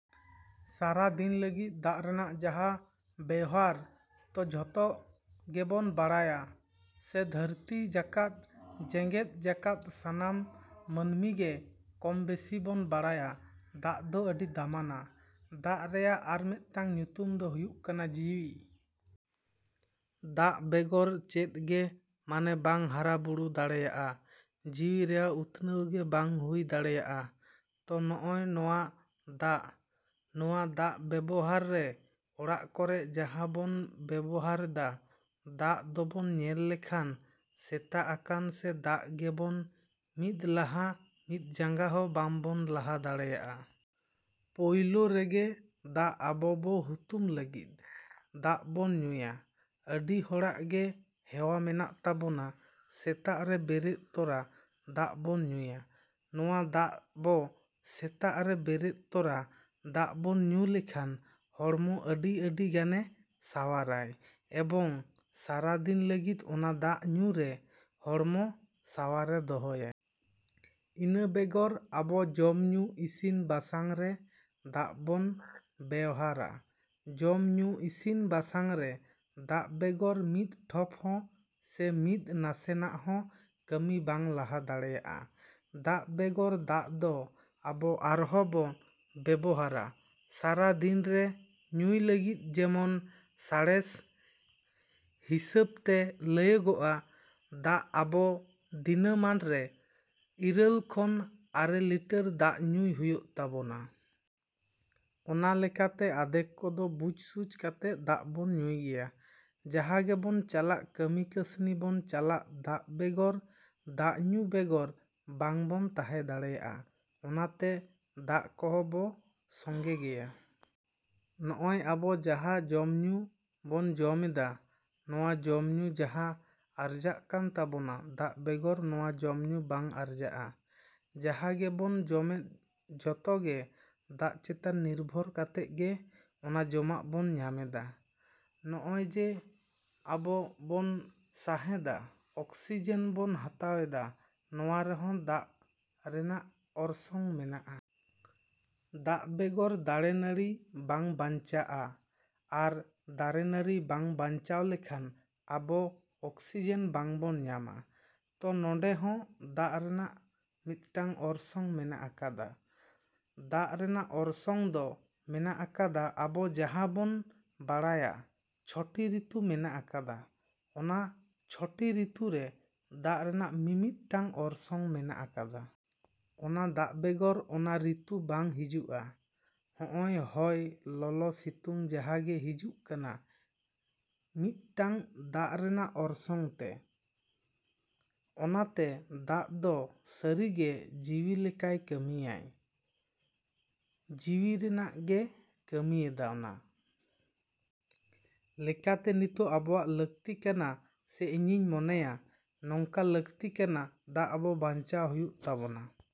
‎ᱥᱟᱨᱟ ᱫᱤᱱ ᱞᱟᱹᱜᱤᱫ ᱫᱟᱜ ᱨᱮᱱᱟᱜ ᱡᱟᱦᱟᱸ ᱵᱮᱣᱦᱟᱨ ᱛᱚ ᱡᱚᱛᱚ ᱜᱮᱵᱚᱱ ᱵᱟᱲᱟᱭᱟ ᱥᱮ ᱫᱷᱟᱹᱨᱛᱤ ᱡᱟᱠᱟᱛ, ᱡᱮᱜᱮᱫ ᱡᱟᱠᱟᱛ ᱥᱟᱱᱟᱢ ᱢᱟᱹᱱᱢᱤ ᱜᱮ ᱠᱚᱢ ᱵᱮᱥᱤ ᱵᱚᱱ ᱵᱟᱲᱟᱭᱟ ᱫᱟᱜ ᱫᱚ ᱟᱹᱰᱤ ᱫᱟᱢᱟᱱᱟ᱾ ᱫᱟᱜ ᱨᱮᱭᱟᱜ ᱟᱨ ᱢᱤᱫᱴᱮᱱ ᱧᱩᱛᱩᱢ ᱫᱚ ᱦᱩᱭᱩᱜ ᱠᱟᱱᱟ ᱡᱤᱣᱤ᱾ ᱫᱟᱜ ᱵᱮᱜᱚᱨ ᱪᱮᱫ ᱜᱮ ᱢᱟᱱᱮ ᱵᱟᱝ ᱦᱟᱨᱟ ᱵᱩᱨᱩ ᱫᱟᱲᱮᱭᱟᱜᱼᱟ, ᱡᱤᱣᱤ ᱨᱮᱭᱟᱜ ᱩᱛᱱᱟᱹᱣ ᱜᱮ ᱵᱟᱝ ᱦᱩᱭ ᱫᱟᱲᱮᱭᱟᱜᱼᱟ᱾ ᱛᱚ ᱱᱚᱜᱼᱱᱚᱣᱟ ᱫᱟᱜ, ᱱᱚᱣᱟ ᱫᱟᱜ ᱵᱮᱵᱚᱦᱟᱨ ᱨᱮ ᱚᱲᱟᱜ ᱠᱚᱨᱮ ᱡᱟᱦᱟᱸ ᱵᱚᱱ ᱵᱮᱵᱚᱦᱟᱨ ᱫᱟ, ᱫᱟᱜ ᱫᱚᱵᱚᱱ ᱧᱮᱞ ᱞᱮᱠᱷᱟᱱ ᱥᱮᱛᱟᱜ ᱟᱠᱟᱱ ᱥᱮ ᱫᱟᱜ ᱵᱮᱜᱚᱨ ᱢᱤᱫ ᱞᱟᱦᱟ ᱢᱤᱫ ᱡᱟᱜᱟ ᱦᱚᱸ ᱵᱟᱝ ᱵᱚᱱ ᱞᱟᱦᱟ ᱫᱟᱲᱮᱭᱟᱜᱼᱟ᱾ ᱯᱳᱭᱞᱳ ᱨᱮᱜᱮ ᱫᱟᱜ ᱟᱵᱚ ᱟᱵᱼᱦᱩᱛᱩᱢ ᱞᱟᱹᱜᱤᱫ, ᱫᱟᱜ ᱵᱚᱱ ᱧᱩᱭᱟ᱾ ᱟᱹᱰᱤ ᱦᱚᱲᱟᱜ ᱜᱮ ᱦᱮᱣᱟ ᱢᱮᱱᱟᱜ ᱛᱟᱵᱚᱱᱟ ᱥᱮᱛᱟᱜ ᱨᱮ ᱵᱮᱨᱮᱫ ᱛᱚᱨᱟ ᱫᱟᱜ ᱵᱚᱱ ᱧᱩᱭᱟ᱾ ᱱᱚᱣᱟ ᱫᱟᱜ ᱵᱚ ᱥᱮᱛᱟᱜ ᱨᱮ ᱵᱮᱨᱮᱫ ᱛᱚᱨᱟ ᱫᱟᱜ ᱵᱚᱱ ᱧᱩ ᱞᱮᱠᱷᱟᱱ ᱦᱚᱲᱢᱚ ᱟᱹᱰᱤ ᱟᱹᱰᱤ ᱜᱟᱱᱮ ᱥᱟᱶᱟᱨᱟᱭ ᱮᱵᱚᱝ ᱥᱟᱨᱟ ᱫᱤᱱ ᱞᱟᱹᱜᱤᱫ ᱚᱱᱟ ᱫᱟᱜ ᱧᱩ ᱨᱮ ᱦᱚᱲᱢᱚ ᱥᱟᱶᱟᱨᱮ ᱫᱚᱦᱚᱭᱟ᱾ ᱤᱱᱟᱹ ᱵᱮᱜᱚᱨ ᱟᱵᱚ ᱡᱚᱢᱼᱧᱩ, ᱤᱥᱤᱱ ᱵᱟᱥᱟᱝ ᱨᱮ ᱫᱟᱜ ᱵᱚᱱ ᱵᱮᱣᱦᱟᱨᱟ᱾ ᱡᱚᱢ ᱧᱩ, ᱤᱥᱤᱱ ᱵᱟᱥᱟᱝ ᱨᱮ ᱫᱟᱜ ᱵᱮᱜᱚᱨ ᱢᱤᱫ ᱴᱷᱚᱯ ᱦᱚᱸ ᱥᱮ ᱢᱤᱫ ᱱᱟᱥᱮᱱᱟᱜ ᱦᱚᱸ ᱠᱟᱹᱢᱤ ᱵᱟᱝ ᱞᱟᱦᱟ ᱫᱟᱲᱮᱭᱟᱜᱼᱟ᱾ ᱫᱟᱜ ᱵᱮᱜᱚᱨ ᱫᱟᱜ ᱫᱚ ᱟᱵᱚ ᱟᱨᱦᱚᱸ ᱵᱚ ᱵᱮᱵᱚᱦᱟᱨᱟ ᱥᱟᱨᱟ ᱫᱤᱱ ᱨᱮ ᱧᱩᱭ ᱞᱟᱹᱜᱤᱫ ᱡᱮᱢᱚᱱ ᱥᱟᱬᱮᱥ ᱦᱤᱥᱟᱹᱵᱽ ᱛᱮ ᱞᱟᱹᱭᱟᱹᱜᱚᱜᱼᱟ ᱫᱟᱜ ᱟᱵᱚ ᱫᱤᱱᱟᱹᱢᱟᱱ ᱨᱮ ᱤᱨᱟᱹᱞ ᱠᱷᱚᱱ ᱟᱨᱮ ᱞᱤᱴᱟᱨ ᱫᱟᱜ ᱧᱩᱭ ᱦᱩᱭᱩᱜ ᱛᱟᱵᱚᱱᱟ᱾ ᱚᱱᱟ ᱞᱮᱠᱟ ᱛᱮ ᱟᱫᱷᱮᱠ ᱠᱚᱫᱚ ᱵᱩᱡᱽᱼᱥᱩᱡᱽ ᱠᱟᱛᱮ ᱫᱟᱜ ᱵᱚᱱ ᱧᱩᱭ ᱜᱮᱭᱟ᱾ ᱡᱟᱦᱟᱸ ᱜᱮᱵᱚᱱ ᱪᱟᱞᱟᱜ ᱠᱟᱹᱢᱤ ᱠᱟᱥᱱᱤ ᱵᱚᱱ ᱪᱟᱞᱟᱜ ᱫᱟᱜ ᱵᱮᱜᱚᱨ ᱫᱟᱜ ᱧᱩ ᱵᱮᱜᱚᱨ ᱵᱟᱝ ᱵᱚᱱ ᱛᱟᱦᱮᱸ ᱫᱟᱲᱮᱭᱟᱜᱼᱟ᱾ ᱚᱱᱟ ᱛᱮ ᱫᱟᱜ ᱠᱚᱦᱚᱸ ᱵᱚ ᱥᱚᱸᱜᱮ ᱜᱮᱭᱟ᱾ ᱱᱚᱜᱼᱚᱭ ᱟᱵᱚ ᱡᱟᱦᱟᱸ ᱡᱚᱢᱼᱧᱩ ᱵᱚᱱ ᱧᱟᱢᱮᱫᱟ, ᱱᱚᱣᱟ ᱡᱚᱢᱼᱧᱩ ᱡᱟᱦᱟᱸ ᱟᱨᱡᱟᱜ ᱠᱟᱱ ᱛᱟᱵᱚᱱᱟ ᱫᱟᱜ ᱵᱮᱜᱚᱨ ᱱᱚᱣᱟ ᱡᱚᱢᱼᱧᱩ ᱵᱟᱝ ᱟᱨᱡᱟᱜᱼᱟ᱾ ᱡᱟᱦᱟᱸ ᱜᱮᱵᱚᱱ ᱡᱚᱢᱮᱫ ᱡᱚᱛᱚ ᱜᱮ ᱫᱟᱜ ᱪᱮᱛᱟᱱ ᱱᱤᱨᱵᱷᱚᱨ ᱠᱟᱛᱮᱫ ᱜᱮ ᱚᱱᱟ ᱡᱚᱢᱟᱜ ᱵᱚᱱ ᱧᱟᱢᱮᱫᱟ᱾ ᱱᱚᱜᱼᱚᱭ ᱡᱮ ᱟᱵᱚ ᱵᱚᱱ ᱥᱟᱸᱦᱮᱫᱟ, ᱚᱠᱥᱤᱡᱮᱱ ᱵᱚᱱ ᱦᱟᱛᱟᱣ ᱮᱫᱟ, ᱱᱚᱣᱟ ᱨᱮᱦᱚᱸ ᱫᱟᱜ ᱨᱮᱱᱟᱜ ᱚᱨᱟᱥᱚᱝ ᱢᱮᱱᱟᱜᱼᱟ᱾ ᱫᱟᱜ ᱵᱮᱜᱚᱨ ᱫᱟᱨᱮ ᱱᱟᱹᱲᱤ ᱵᱟᱝ ᱵᱟᱧᱪᱟᱜᱼᱟ ᱟᱨ ᱫᱟᱨᱮ ᱱᱟᱹᱲᱤ ᱵᱟᱝ ᱵᱟᱧᱪᱟᱣ ᱞᱮᱱᱠᱷᱟᱱ ᱟᱵᱚ ᱚᱠᱥᱤᱡᱮᱱ ᱵᱟᱝ ᱵᱚᱱ ᱧᱟᱢᱟ᱾ ᱛᱚ ᱱᱚᱰᱮ ᱦᱚᱸ ᱫᱟᱜ ᱨᱮᱱᱟᱜ ᱢᱤᱫᱴᱟᱝ ᱚᱨᱥᱚᱝ ᱢᱮᱱᱟᱜ ᱟᱠᱟᱫᱟ᱾ ᱫᱟᱜ ᱨᱮᱱᱟᱜ ᱚᱨᱥᱚᱝ ᱫᱚ ᱢᱮᱱᱟᱜ ᱟᱠᱟᱫᱟ ᱟᱵᱚ ᱡᱟᱦᱟᱸ ᱵᱚᱱ ᱵᱟᱲᱟᱭᱟ ᱪᱷᱚᱴᱤ ᱨᱤᱛᱩ ᱢᱮᱱᱟᱜ ᱟᱠᱟᱫᱟ, ᱚᱱᱟ ᱪᱷᱚᱴᱤ ᱨᱤᱛᱩ ᱨᱮ ᱫᱟᱜ ᱨᱮᱱᱟᱜ ᱢᱤᱼᱢᱤᱫᱴᱟᱝ ᱚᱨᱥᱚᱝ ᱢᱮᱱᱟᱜ ᱟᱠᱟᱫᱟ᱾ ᱚᱱᱟ ᱫᱟᱜ ᱵᱮᱜᱚᱨ ᱚᱱᱟ ᱨᱤᱛᱩ ᱵᱟᱝ ᱦᱤᱡᱩᱜᱼᱟ᱾ ᱦᱚᱸᱜᱼᱚᱭ ᱦᱚᱭ, ᱞᱚᱞᱚ, ᱥᱤᱛᱩᱝ ᱡᱟᱦᱟᱸ ᱜᱮ ᱦᱤᱡᱩᱜ ᱠᱟᱱᱟ ᱢᱤᱫᱴᱟᱝ ᱫᱟᱜ ᱨᱮᱱᱟᱜ ᱚᱨᱥᱚᱝ ᱛᱮ᱾ ᱚᱱᱟᱛᱮ ᱫᱟᱜ ᱫᱚ ᱥᱟᱹᱨᱤ ᱜᱮ ᱡᱤᱣᱤ ᱞᱮᱠᱟᱭ ᱠᱟᱹᱢᱤᱭᱟ, ᱡᱤᱣᱤ ᱨᱮᱱᱟᱜ ᱜᱮᱭ ᱠᱟᱹᱢᱤᱭᱮᱫᱟ᱾ ᱚᱱᱟ ᱞᱮᱠᱟᱛᱮ ᱱᱤᱛᱳᱜ ᱟᱵᱚᱣᱟᱜ ᱞᱟᱹᱠᱛᱤ ᱠᱟᱱᱟ ᱥᱮ ᱤᱧᱤᱧ ᱢᱚᱱᱮᱭᱟ ᱱᱚᱝᱠᱟ ᱞᱟᱹᱠᱛᱤ ᱠᱟᱱᱟ ᱫᱟᱜ ᱟᱵᱚ ᱥᱟᱧᱪᱟᱣ ᱦᱩᱭᱩᱜ ᱛᱟᱵᱚᱱᱟ,